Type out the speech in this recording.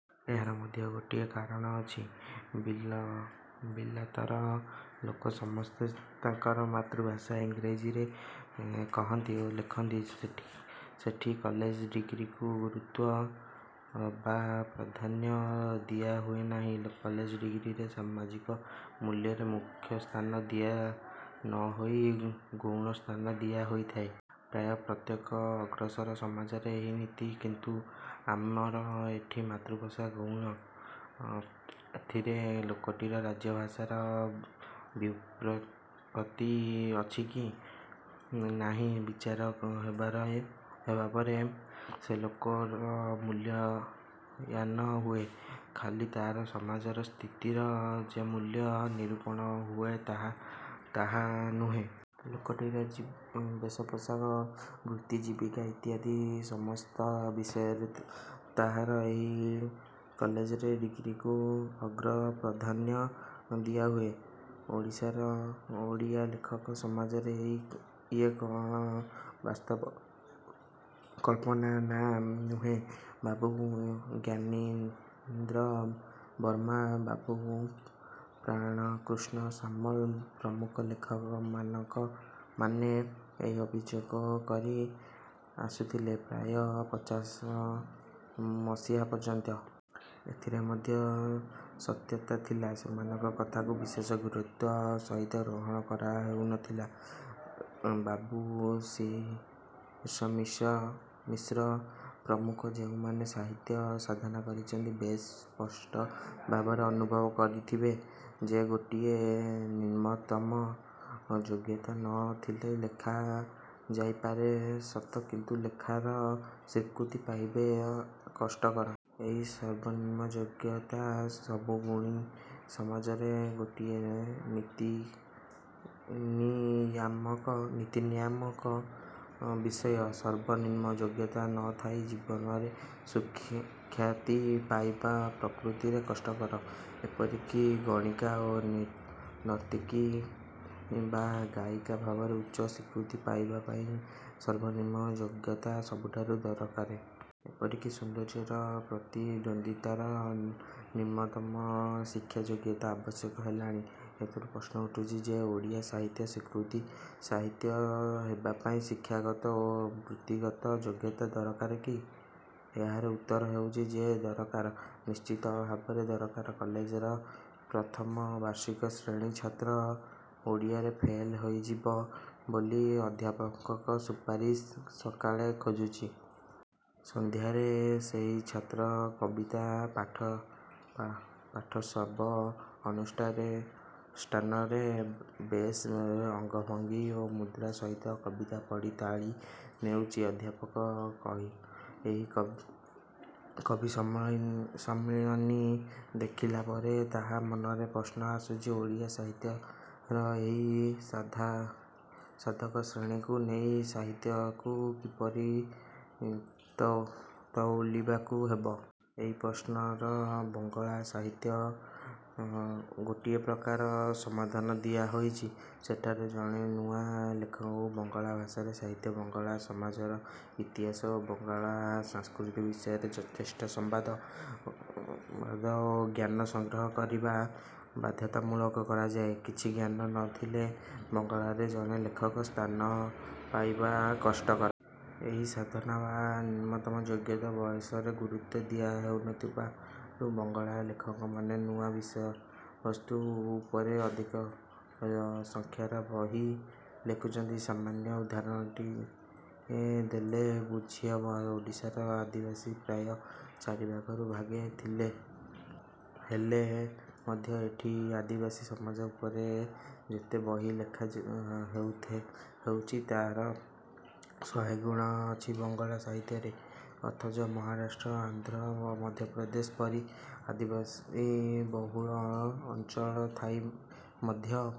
ଏହାର ମଧ୍ୟ ଗୋଟିଏ କାରଣ ଅଛି। ବିଲାତର ଲୋକ ସମସ୍ତେ ତାଙ୍କର ମାତୃଭାଷା ଇଂରାଜିରେ କହନ୍ତି ଓ ଲେଖନ୍ତି। ସେଠି କଲେଜ ଡିଗ୍ରୀକୁ ଗୁରୁତ୍ୱ ବା ପ୍ରାଧାନ୍ୟ ଦିଆ ହୁଏ ନାହିଁ। କଲେଜ ଡିଗ୍ରୀର ସାମାଜିକ ମୂଲ୍ୟରେ ମୁଖ୍ୟସ୍ଥାନ ଦିଆ ନ ହୋଇ ଗୌଣ ସ୍ଥାନ ଦିଆ ହୋଇଥାଏ। ପ୍ରାୟ ପ୍ରତ୍ୟେକ ଅଗ୍ରସର ସମାଜରେ ଏହି ନୀତି। କିନ୍ତୁ ଆମର ଏଠି ମାତୃଭାଷା ଗୌଣ। ଏଥିରେ ଲୋକଟିର ରାଜଭାଷାରେ ବ୍ୟୁତ୍ପତ୍ତି ଅଛି କି ନାହିଁ–ବିଚାର ହେବାପରେ ସେ ଲୋକର ମୂଲ୍ୟାୟନ ହୁଏ। ଖାଲି ତାହାର ସମାଜର ସ୍ଥିତିର ଯେ ମୂଲ୍ୟ ନିରୂପଣ ହୁଏ ତାହା ନୁହେଁ। ଲୋକଟିର ବେଶପୋଷାକ ବୃତ୍ତିଜୀବିକା ଇତ୍ୟାଦି ସମସ୍ତ ବିଷୟରେ ତାହାର ଏହି କଲେଜ ଡିଗ୍ରୀକୁ ଅଗ୍ର–ପ୍ରାଧାନ୍ୟ ଦିଆହୁଏ। ଓଡ଼ିଶାର ଓଡ଼ିଆ ଲେଖକ ସମାଜରେ ଇଏ କ'ଣ ଅବାସ୍ତବ କଳ୍ପନା? –ନା। ନୁହେଁ। ବାବୁ ଜ୍ଞାନୀନ୍ଦ୍ର ବର୍ମା, ବାବୁ ପ୍ରାଣକୃଷ୍ଣ ସାମଲ ପ୍ରମୁଖ ଲେଖକମାନେ ଏହି ଅଭିଯୋଗ କରି ଆସୁଥିଳେ ପ୍ରାୟ ପଚାଶ ମସିହା ପର୍ଯ୍ୟନ୍ତ। ଏଥିରେ ମଧ୍ୟ ସତ୍ୟତା ଥିଲା। ସେମାଙ୍କର କଥାକୁ ବିଶେଷ ଗୁରୁତ୍ୱ ସହିତ ଗ୍ରହଣ କରା ହେଉ ନ ଥିଲା। ବାବୁ ଶ୍ରୀହର୍ଷ ମିଶ୍ର ପ୍ରମୁଖ ଯେଉଁମାନେ ସାହିତ୍ୟ ସାଧନା କରିଛନ୍ତି ବେଶ୍ ସ୍ପଷ୍ଟ ଭାବରେ ଅନୁଭବ କରିଥିବେ ଯେ ଗୋଟିଏ ନିମ୍ନତମ ଯୋଗ୍ୟତା ନ ଥିଲେ ଲେଖା ଯାଇପାରେ ସତ କିନ୍ତୁ ଲେଖାରେ ସ୍ୱୀକୃତି ପାଇବା କଷ୍ଟକର। ଏହି ସର୍ବନିମ୍ନ ଯୋଗ୍ୟତା ସବୁ ଗୁଣୀ ସମାଜରେ ଗୋଟିଏ ନୀତିନିୟାମକ ବିଷୟ। ସର୍ବ–ନିମ୍ନ ଯୋଗ୍ୟତା ନ ଥାଇ ଜୀବନରେ ସୁଖ୍ୟାତି ପାଇବା ପ୍ରକୃତରେ କଷ୍ଟକର। ଏପରି କି ଗଣିକା ଓ ନର୍ତ୍ତକୀ ବା ଗାୟିକା ଭାବରେ ଉଚ୍ଚ ସ୍ୱୀକୃତି ପାଇବା ପାଇଁ ସର୍ବନିମ୍ନ ଯୋଗ୍ୟତା ସବୁଠାରେ ଦରକାର। ଏପରିକି ସୌନ୍ଦର୍ଯ୍ୟର ପ୍ରତିଦ୍ୱନ୍ଦ୍ୱିତାରେ ନିମ୍ନତମ ଶିକ୍ଷା ଯୋଗ୍ୟତା ଆବଶ୍ୟକ ହେଲାଣି। ଏଥିରୁ ପ୍ରଶ୍ନ ଉଠୁଛି ଯେ ଓଡ଼ିଆ ସାହିତ୍ୟର ସ୍ୱୀକୃତ ସାହିତ୍ୟିକ ହେବାପାଇଁ ଶିକ୍ଷାଗତ ଓ ବୃତ୍ତିଗତ ଯୋଗ୍ୟତା ଦରକାର କି? ଏହାର ଉତ୍ତର ହେଉଛି ଯେ ଦରକାର। ନିଶ୍ଚିତ ଭାବରେ ଦରକାର। କଲେଜର ପ୍ରଥମ ବାର୍ଷିକ ଶ୍ରେଣୀର ଛାତ୍ର ଓଡ଼ିଆରେ ଫେଲ ହୋଇଯିବ ବୋଲି ଅଧ୍ୟାପକଙ୍କର ସୁପାରିସ ସକାଳେ ଖୋଜୁଛି। ସନ୍ଧ୍ୟାରେ ସେହି ଛାତ୍ର କବିତା ପାଠୋତ୍ସବ ଅନୁଷ୍ଠାନରେ ବେଶ୍ ଅଙ୍ଗଭଙ୍ଗୀ ଓ ମୁଦ୍ରା ସହିତ କବିତା ପଢ଼ି ତାଳି ନେଉଛି। ଅଧ୍ୟାପକ ଏହି କବି ସମ୍ମିଳନୀ ଦେଖିଲା ପରେ ତାହାର ମନରେ ପ୍ରଶ୍ନ ଆସୁଛି–ଓଡ଼ିଆ ସାହିତ୍ୟର ଏହି ସାଧକଶ୍ରେଣୀଙ୍କୁ ନେଇ ସାହିତ୍ୟକୁ କିପରି ତଉଲିବାକୁ ହେବ? ଏହି ପ୍ରଶ୍ନର ବଙ୍ଗଳା ସାହିତ୍ୟରେ ଗୋଟାଏ ପ୍ରକାରର ସମାଧାନ ଦିଆ ହୋଇଛି। ସେଠାରେ ଜଣେ ନୂଆ ଲେଖକକୁ ବଙ୍ଗଳା ଭାଷାର ସାହିତ୍ୟ, ବଙ୍ଗଳା ସମାଜର ଇତିହାସ ଓ ବଙ୍ଗଳା ସଂସ୍କୃତି ବିଷୟରେ ଯଥେଷ୍ଟ ସମ୍ବାଦ ଓ ଜ୍ଞାନ ସଂଗ୍ରହ କରିବା ବାଧ୍ୟତାମୂଳକ କରାଯାଏ। କିଛି ଜ୍ଞାନ ନ ଥିଲେ ବଙ୍ଗଳାରେ ଜଣେ ଲେଖକ ସ୍ଥାନ ପାଇବା କଷ୍ଟକର। ଏହି ସାଧନା ବା। ନିମ୍ନତମ ଯୋଗ୍ୟତା ବିଷୟରେ ଗୁରୁତ୍ୱ ଦିଆ ହେଉଥିବାରୁ ବଙ୍ଗଳାର ଲେଖକମାନେ ନୂଆ ବିଷୟବସ୍ତୁ ଉପରେ ଅଧିକ ସଂଖ୍ୟକ ବହି ଲେଖୁଛନ୍ତି! ସାମାନ୍ୟ ଉଦାହରଣଟିଏ ଦେଲେ ବୁଝିହବ। ଓଡ଼ିଶାରେ ଆଦିବାସୀ ପ୍ରାୟ ଚାରିଭାଗରୁ ଭାଗେ ହେଲେ ମଧ୍ୟ ଏଠି ଆଦିବାସୀ ସମାଜ ଉପରେ ଯେତେ ବହି ଲେଖା ହେଉଛି ତାହାର ଶହେଗୁଣ ଅଛି ବଙ୍ଗଳା ସାହିତ୍ୟରେ। ଅଥଚ ମହାରାଷ୍ଟ୍ର, ଆନ୍ଧ୍ର, ମଧ୍ୟପ୍ରଦେଶ ପରି ଆଦିବାସୀବହୁଳ ଅଞ୍ଚଳ ଥାଇ ମଧ୍ୟ